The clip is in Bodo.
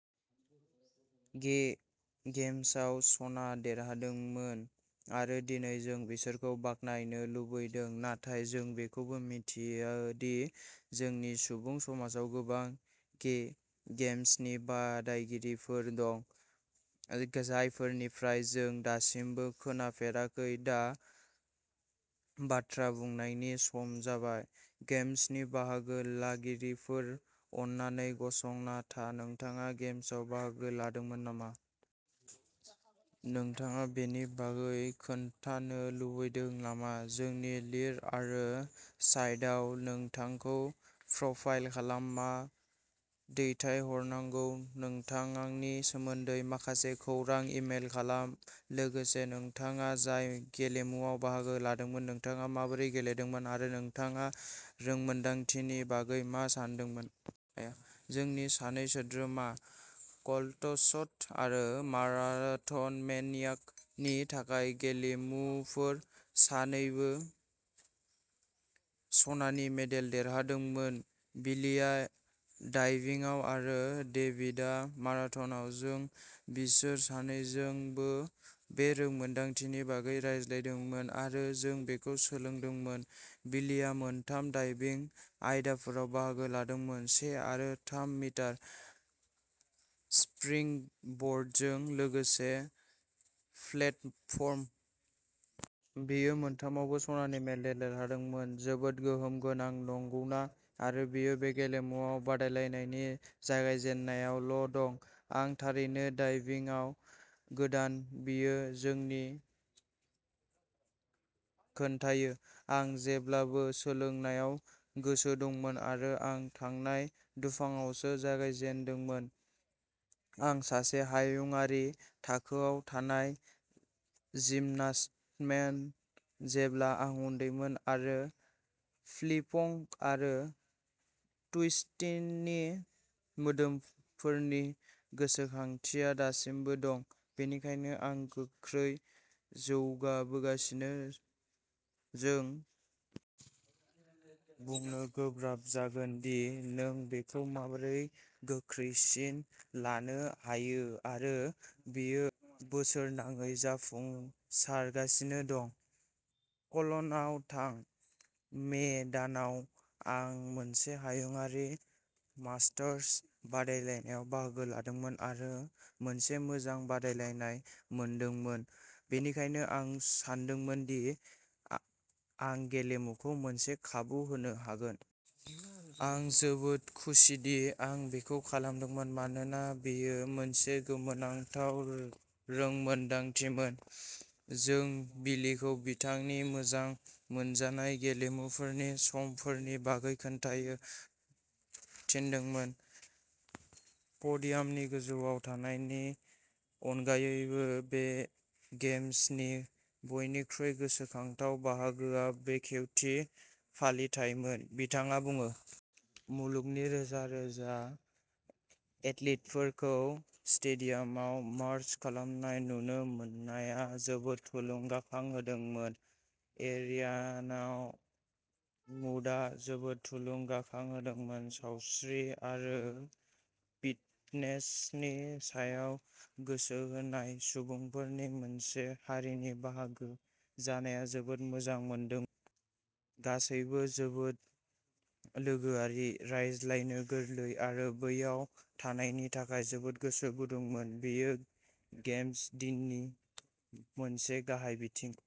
गे गेम्सआव सना देरहादोंमोन आरो दिनै जों बिसोरखौ बाख्नायनो लुबैदों नाथाय जों बेखौबो मिथियो दि जोंनि सुबुं समाजाव गोबां गे गेम्सनि बादायगिरिफोर दं, जायफोरनिफ्राय जों दासिमबो खोनाफेराखै दा बाथ्रा बुंनायनि सम जाबाय। गेम्सनि बाहागो लागिरिफोर अन्नानै गसंना था नोंथाङा गेम्सआव बाहागो लादोंमोन नामा? नोंथाङा बेनि बागै खोन्थानो लुबैदों नामा? जोंनो लिर आरो साइटआव नोंथांखौ प्रफाइल खालाम मा दैथायहरनांगौ नोंथांनि सोमोन्दै माखासे खौरां इमेल खालाम, लोगोसे नोंथाङा जाय गेलेमुआव बाहागो लादोंमोन नोंथाङा माबोरै गेलेदोंमोन आरो नोंथाङा रोंमोन्दांथिनि बागै मा सानदोंमोन। जोंनि सानै सोद्रोमा, कल्ट्सड आरो माराथनमेनियाक नि थाखाय गेलेमुफोर सानैबो सनानि मेडेल देरहादोंमोन बिलीया डाइभिंआव आरो डेविडआ माराथनआव। जों बिसोर सानैजोंबो बे रोंमोन्दांथिनि बागै रायज्लायदोंमोन आरो जों बेखौ सोलोंदोंमोन। बिलीया मोनथाम डाइभिं आयदाफोराव बाहागो लादोंमोन से आरो थाम मिटार स्प्रिंगबर्डजों लोगोसे प्लेटफर्म। बियो मोनथामावबो सनानि मेडेल देरहादोंमोन जोबोद गोहोम गोनां नंगौना आरो बियो बे गेलेमुआव बादायलायनायनि जागायजेननायावल'दं। आं थारैनो डाइविंगआव गोदान बियो जोंनो खोन्थायो। आं जेब्लाबो सोलोंनायाव गोसो दंमोन आरो आं थांनाय दुफांआवसो जागायजेनदोंमोन। आं सासे हायुंआरि थाखोआव थानाय जिमनास्टमोन जेब्ला आं उन्दैमोन आरो फ्लिपं आरो टुइस्टिंनि मोदोमफोरनि गोसोखांथिया दासिमबो दं, बेनिखायनो आं गोख्रै जौगाबोगासिनो। जों बुंनो गोब्राब जागोन दि नों बेखौ माबोरै गोख्रैसिन लानो हायोआरो बियो बोसोरनाङै जाफुंसारगासिनो दं। कल'नआव थां। "मे दानाव आं मोनसे हायुंआरि मास्टार्स बादायलायनायाव बाहागो लादोंमोन आरो मोनसे मोजां बादायलायनाय मोनदोंमोन, बेनिखायनो आं सानदोंमोन दि आं गेलेमुखौ मोनसे खाबु होनो हागोन। आं जोबोद खुसिदि आं बेखौ खालामदोंमोन मानोना बेयो मोनसे गोमोनांथाव रोंमोनदांथिमोन।" जों बिलीखौ बिथांनि मोजां मोनजानाय गेलेमुफोरनि समफोरनि बागै खोन्थायो थिनदोंमोन। "प'डियामनि गोजौआव थानायनि अनगायैबो, गे गेम्सनि बयनिख्रुइ गोसोखांथाव बाहागोआ बेखेवथि फालिथाइमोन", बिथाङा बुङो। "मुलुगनि रोजा-रोजा एथलीटफोरखौ स्टेडियामाव मार्च खालामनाय नुनो मोननाया जोबोद थुलुंगाखां होदोंमोन। एरिआनाव मुडआ जोबोद थुलुंगाखां होदोंमोन। सावस्रि आरो फिटनेसनि सायाव गोसो होनाय सुबुंफोरनि मोनसे हारिनि बाहागो जानाया जोबोद मोजां मोनदों। गासैबो जोबोद लोगोआरि, रायज्लायनो गोरलै आरो बैयाव थानायनि थाखाय जोबोद गोसो गुदुंमोन।" बेयो गेम्स-दिननि मोनसे गाहाय बिथिं।